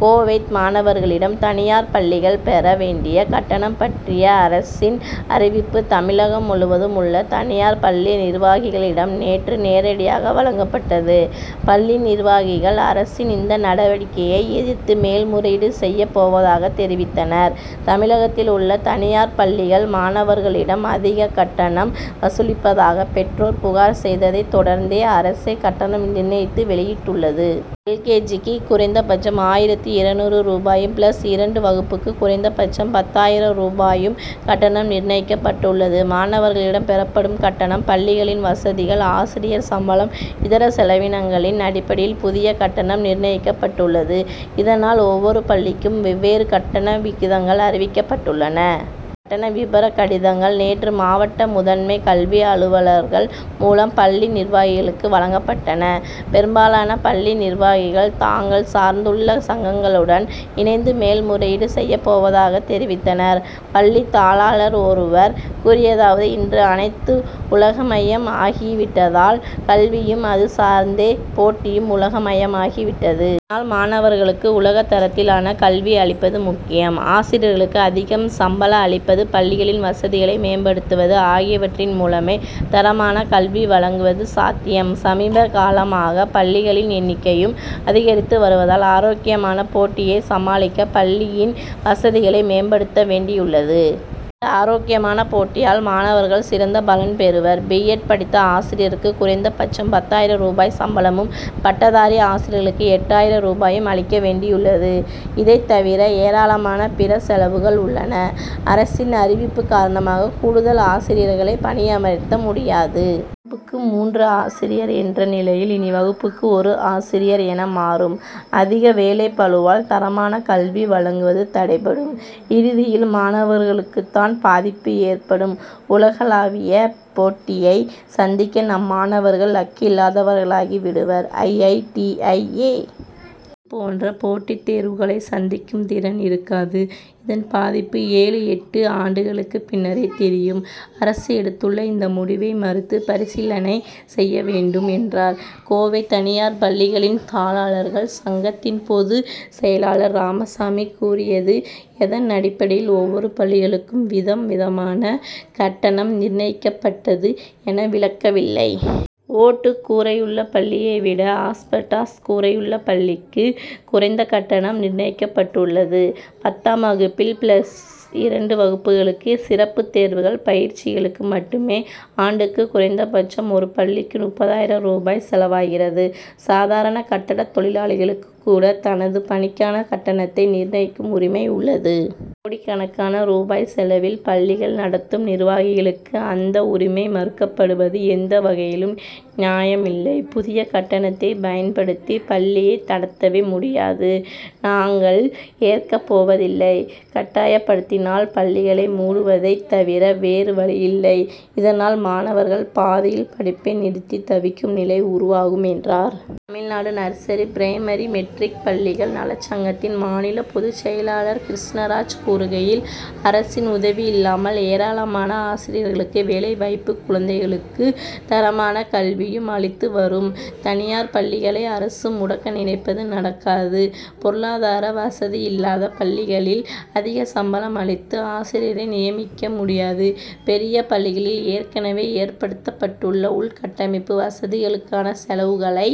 கோவை மாணவர்களிடம் தனியார் பள்ளிகள் பெற வேண்டிய கட்டணம் பற்றிய அரசின் அறிவிப்பு தமிழகம் முழுவதும் உள்ள தனியார் பள்ளி நிர்வாகிகளிடம் நேற்று நேரடியாக வழங்கப்பட்டது. பள்ளி நிர்வாகிகள் அரசின் இந்த நடவடிக்கையை எதிர்த்து மேல் முறையீடு செய்யப் போவதாக தெரிவித்தனர். தமிழகத்தில் உள்ள தனியார் பள்ளிகள் மாணவர்களிடம் அதிக கட்டணம் வசூலிப்பதாக பெற்றோர் புகார் செய்ததை தொடர்ந்து அரசே கட்டணம் நிர்ணயித்து வெளியிட்டுள்ளது. எல். கே. ஜி.க்கு குறைந்தபட்சம் ஆயிரத்து இருநூறு ரூபாயும் பிளஸ் இரண்டு வகுப்புக்கு குறைந்தபட்சம் பத்தாயிரம் ரூபாயும் கட்டணம் நிர்ணயிக்கப்பட்டுள்ளது. மாணவர்களிடம் பெறப்படும் கட்டணம் பள்ளிகளின் வசதிகள் ஆசிரியர் சம்பளம் இதர செலவீனங்களின் அடிப்படையில் புதிய கட்டணம் நிர்ணயிக்கப்பட்டுள்ளது. இதனால் ஒவ்வொரு பள்ளிக்கும் வெவ்வேறு கட்டண விகிதங்கள் அறிவிக்கப்பட்டுள்ளன. கட்டண விபர கடிதங்கள் நேற்று மாவட்ட முதன்மை கல்வி அலுவலர்கள் மூலம் பள்ளி நிர்வாகிகளுக்கு வழங்கப்பட்டன. பெரும்பாலான பள்ளி நிர்வாகிகள் தாங்கள் சார்ந்துள்ள சங்கங்களுடன் இணைந்து மேல் முறையீடு செய்யப் போவதாக தெரிவித்தனர். பள்ளி தாளாளர் ஒருவர் கூறியதாவது இன்று அனைத்தும் உலகமயம் ஆகி விட்டதால் கல்வியும் அது சார்ந்த போட்டியும் உலகமயமாகி விட்டது. னால் மாணவர்களுக்கு உலக தரத்தினாலான கல்வி அளிப்பது முக்கியம். ஆசிரியர்களுக்கு அதிக சம்பளம் அளிப்பது பள்ளிகளின் வசதிகளை மேம்படுத்துவது ஆகியவற்றின் மூலமே தரமான கல்வி வழங்குவது சாத்தியம். சமீப காலமாக பள்ளிகளின் எண்ணிக்கையும் அதிகரித்து வருவதால் ஆரோக்கியமான போட்டியை சமாளிக்க பள்ளியின் வசதிகளை மேம்படுத்த வேண்டியுள்ளது. இந்த ஆரோக்கியமான போட்டியால் மாணவர்கள் சிறந்த பலன் பெறுவர். பி. எட். படித்த ஆசிரியருக்கு குறைந்தபட்சம் பத்தாயிரம் ரூபாய் சம்பளமும் பட்டதாரி ஆசிரியர்களுக்கு எட்டாயிரம் ரூபாயும் அளிக்க வேண்டியதுள்ளது. இதை தவிர ஏராளமான பிற செலவுகள் உள்ளன. அரசின் அறிவிப்பு காரணமாக கூடுதல் ஆசிரியர்களை பணியமர்த்த முடியாது. புக்கு மூன்று ஆசிரியர் என்ற நிலை இனி வகுப்புக்கு ஒரு ஆசிரியர் என மாறும். அதிக வேலைப்பளுவால் தரமான கல்வி வழங்குவது தடைபடும். இறுதியில் மாணவர்களுக்குதான் பாதிப்பு ஏற்படும். உலகளாவிய போட்டியை சந்திக்க நம் மாணவர்கள் லாயக்கில்லாதவர்களாகி விடுவர். I. I. T. I. A. போன்ற போட்டித் தேர்வுகளை சந்திக்கும் திறன் இருக்காது. இதன் பாதிப்பு ஏழு எட்டு ஆண்டுகளுக்கு பின்னரே தெரியும். அரசு எடுத்துள்ள இந்த முடிவை மறு பரிசீலனை செய்ய வேண்டும் என்றார். கோவை தனியார் பள்ளிகளின் தாளாளர்கள் சங்கத்தின் பொதுச் செயலாளர் ராமசாமி கூறியது எதன் அடிப்படையில் ஒவ்வொரு பள்ளிக்கும் விதம் விதமான கட்டணம் நிர்ணயிக்கப்பட்டது என விளக்கவில்லை. ஓட்டுக் கூரையுள்ள பள்ளியை விட ஆஸ்பெஸ்டாஸ் கூரையுள்ள பள்ளிக்கு குறைந்த கட்டணம் நிர்ணயிக்கப்பட்டுள்ளது. பத்தாம் வகுப்பு பிளஸ் இரண்டு வகுப்புகளுக்கு சிறப்பு தேர்வுகள் பயிற்சிகளுக்கு மட்டுமே ஆண்டுக்கு குறைந்தபட்சம் ஒரு பள்ளிக்கு முப்பதாயிரம் ரூபாய் செலவாகிறது. சாதாரண கட்டடத் தொழிலாளிகளுக்கு கூட தனது பணிக்கான கட்டணத்தை நிர்ணயிக்கும் உரிமை உள்ளது. கோடிக்கணக்கான ரூபாய் செலவில் பள்ளிகள் நடத்தும் நிர்வாகிகளுக்கு அந்த உரிமை மறுக்கப்படுவது எந்தவகையிலும் நியாயமில்லை. புதிய கட்டணத்தை பயன்படுத்தி பள்ளியை நடத்தவே முடியாது. நாங்கள் ஏற்கப் போவதில்லை. கட்டாயப்படுத்தினால் பள்ளிகளை மூடுவதைத் தவிர வேறு வழியில்லை. இதனால் மாணவர்கள் பாதியில் படிப்பை நிறுத்தி தவிக்கும் நிலை உருவாகும் என்றார். தமிழ்நாடு நர்சரி பிரைமரி மெட்ரிக் பள்ளிகள் நலச்சங்கத்தின் மாநில பொதுச் செயலாளர் கிருஷ்ணராஜ் கூறுகையில் அரசின் உதவி இல்லாமல் ஏராளமான ஆசிரியர்களுக்கு வேலை வாய்ப்பும் குழந்தைகளுக்கு தரமான கல்வியும் அளித்து வரும் தனியார் பள்ளிகளை அரசு முடக்க நினைப்பது நடக்காது. பொருளாதார வசதியில்லாத பள்ளிகளில் அதிக சம்பளம் அளித்து ஆசிரியரை நியமிக்க முடியாது. பெரிய பள்ளிகளில் ஏற்கனவே ஏற்படுத்தப்பட்டுள்ள உள்கட்டமைப்பு வசதிகளுக்கான செலவுகளை